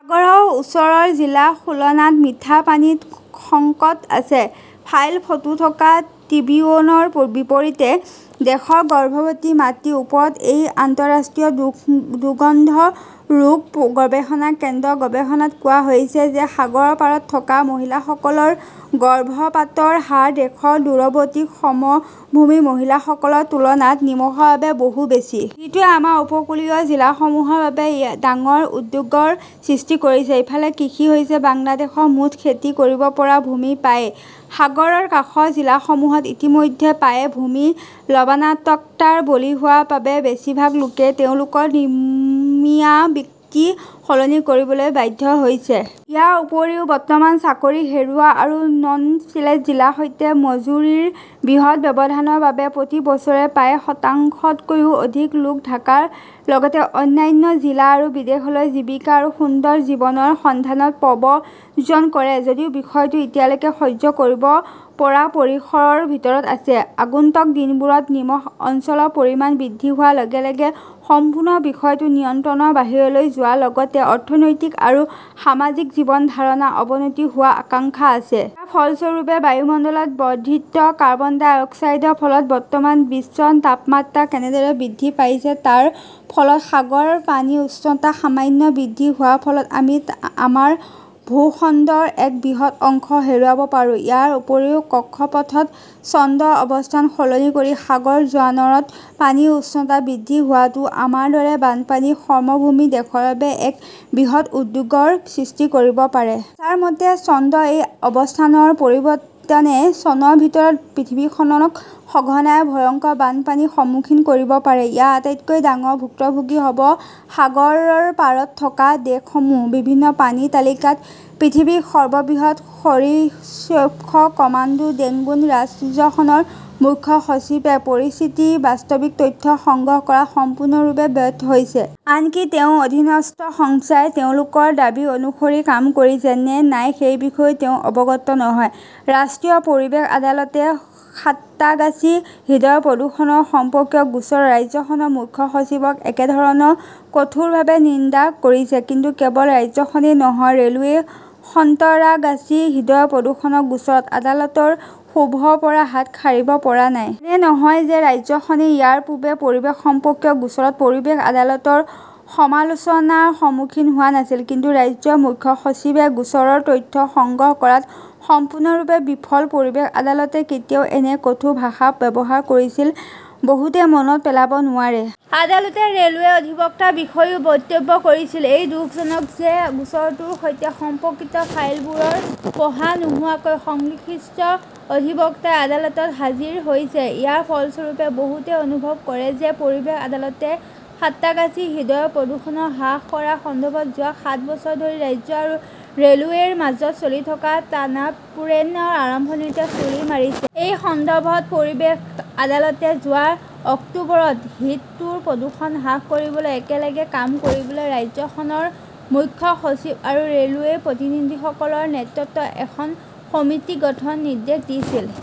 সাগৰৰ ওচৰৰ জিলা খুলনাত মিঠা পানীৰ সংকট আছে। ফাইল ফটো থকা ট্ৰিবিউনৰ বিপৰীতে, দেশৰ গৰ্ভৱতী মাতৃৰ ওপৰত কৰা আন্তঃৰাষ্ট্ৰীয় দুগ্ধ ৰোগ গৱেষণা কেন্দ্ৰৰ গৱেষণাত কোৱা হৈছে যে সাগৰৰ পাৰত থকা মহিলাসকলৰ গৰ্ভপাতৰ হাৰ দেশৰ দূৰৱৰ্তী সমভূমিৰ মহিলাসকলৰ তুলনাত নিমখৰ বাবে বহু বেছি। যিটোৱে আমাৰ উপকূলীয় জিলাসমূহৰ বাবে ডাঙৰ উদ্বেগৰ সৃষ্টি কৰিছে। ইফালে, কৃষি হৈছে বাংলাদেশৰ মুঠ খেতি কৰিব পৰা ভূমিৰ প্ৰায়। সাগৰৰ কাষৰ জিলাসমূহত ইতিমধ্যে প্ৰায় ভূমি লবণাক্ততাৰ বলি হোৱাৰ বাবে বেছিভাগ লোকেই তেওঁলোকৰ নিয়মীয়া বৃত্তি সলনি কৰিবলৈ বাধ্য হৈছে। ইয়াৰ উপৰিও বৰ্তমান চাকৰি হেৰুওৱা আৰু নন-চেল্ট জিলাৰ সৈতে মজুৰিৰ বৃহৎ ব্যৱধানৰ বাবে প্ৰতি বছৰে প্ৰায় শতাংশতকৈও অধিক লোক ঢাকাৰ লগতে অন্যান্য জিলা আৰু বিদেশলৈ জীৱিকা আৰু সুন্দৰ জীৱনৰ সন্ধানত প্ৰব্ৰজন কৰে। যদিও বিষয়টো এতিয়ালৈকে সহ্য কৰিব পৰা পৰিসৰৰ ভিতৰত আছে, আগন্তুক দিনবোৰত নিমখ অঞ্চলৰ পৰিমাণ বৃদ্ধি হোৱাৰ লগে লগে সম্পূৰ্ণ বিষয়টো নিয়ন্ত্ৰণৰ বাহিৰলৈ যোৱাৰ লগতে অৰ্থনৈতিক আৰু সামাজিক জীৱন ধাৰণৰ অৱনতি হোৱাৰ আশংকা আছে। ইয়াৰ ফলস্বৰূপে, বায়ুমণ্ডলত বৰ্ধিত কাৰ্বন-ডাই-অক্সাইডৰ ফলত বৰ্তমান বিশ্বৰ তাপমাত্ৰা কেনেদৰে বৃদ্ধি পাইছে তাৰ ফলত সাগৰৰ পানীৰ উচ্চতা সামান্য বৃদ্ধি হোৱাৰ ফলত আমি আমাৰ ভূখণ্ডৰ এক বৃহৎ অংশ হেৰুৱাব পাৰো। ইয়াৰ উপৰিও কক্ষপথত চন্দ্ৰৰ অৱস্থান সলনি কৰি সাগৰৰ জোৱাৰত পানীৰ উচ্চতা বৃদ্ধি হোৱাটোও আমাৰ দৰে বানপানীৰ সমভূমিৰ দেশৰ বাবে এক বৃহৎ উদ্বেগৰ সৃষ্টি কৰিব পাৰে। নাছাৰ মতে, চন্দ্ৰৰ এই অৱস্থানৰ পৰিৱৰ্তনে চনৰ ভিতৰত পৃথিৱীখনক সঘনাই ভয়ংকৰ বানপানীৰ সন্মুখীন কৰিব পাৰে। ইয়াৰ আটাইতকৈ ডাঙৰ ভুক্তভোগী হ’ব সাগৰৰ পাৰত থকা দেশসমূহ। বিপন্ন প্ৰাণীৰ তালিকাত পৃথিৱীৰ সৰ্ববৃহৎ সৰীসৃপ কমোডো ড্ৰেগন ৰাজ্যখনৰ মুখ্য সচিবে পৰিস্থিতিৰ বাস্তৱিক তথ্য সংগ্ৰহ কৰাত 'সম্পূৰ্ণৰূপে ব্যৰ্থ "হৈছে। আনকি তেওঁৰ অধীনস্থ সংস্থাই তেওঁলোকৰ দাবী অনুসৰি কাম কৰিছে নে নাই সেই বিষয়েও তেওঁ অৱগত নহয়। ৰাষ্ট্ৰীয় পৰিৱেশ আদালতে সাঁত্ৰাগাছী হ্ৰদৰ প্ৰদূষণ সম্পৰ্কীয় গোচৰত ৰাজ্যখনৰ মুখ্য সচিবক একেধৰণৰ কঠোৰভাৱে নিন্দা কৰিছে। কিন্তু কেৱল ৰাজ্যখনেই নহয়, ৰে’লৱেই সন্তৰাগাছী হ্ৰদৰ প্ৰদূষণৰ গোচৰত আদালতৰ ক্ষোভৰ পৰা হাত সাৰিব পৰা নাই। এনে নহয় যে ৰাজ্যখনে ইয়াৰ পূৰ্বে পৰিৱেশ সম্পৰ্কীয় গোচৰত পৰিৱেশ আদালতৰ সমালোচনাৰ সন্মুখীন হোৱা নাছিল। কিন্তু ৰাজ্যৰ মুখ্য সচিবে গোচৰৰ তথ্য সংগ্ৰহ কৰাত সম্পূৰ্ণৰূপে বিফল পৰিৱেশ আদালতে কেতিয়া এনে কঠোৰ ভাষা ব্যৱহাৰ কৰিছিল বহুতে মনত পেলাব নোৱাৰে। আদালতে ৰে 'লৱেৰ অধিবক্তাৰ বিষয়েও মন্তব্য কৰিছিল, এইটো দুখজনক যে গোচৰটোৰ সৈতে সম্পৰ্কিত ফাইলবোৰ পঢ়া নোহোৱাকৈ সংশ্লিষ্ট অধিবক্তাই আদালতত হাজিৰ হৈছে! ইয়াৰ ফলস্বৰূপে, বহুতে অনুভৱ কৰে যে পৰিৱেশ আদালতে সাঁত্ৰাগাছী হ্ৰদৰ প্ৰদূষণ হ্ৰাস কৰাৰ সন্দৰ্ভত যোৱা সাত বছৰ ধৰি ৰাজ্য আৰু ৰে’লৱেৰ মাজত চলি থকা টানাপোড়েন ৰ আৰম্ভণিতে ছুৰী মাৰিছে। এই সন্দৰ্ভত পৰিৱেশ আদালতে যোৱা অক্টোবৰত হ্ৰদটোৰ প্ৰদূষণ হ্ৰাস কৰিবলৈ একেলগে কাম কৰিবলৈ ৰাজ্যখনৰ মুখ্য সচিব আৰু ৰে "লৱেৰ প্ৰতিনিধিসকলৰ নেতৃত্বত এখন সমিতি গঠনৰ নিৰ্দেশ দিছিল।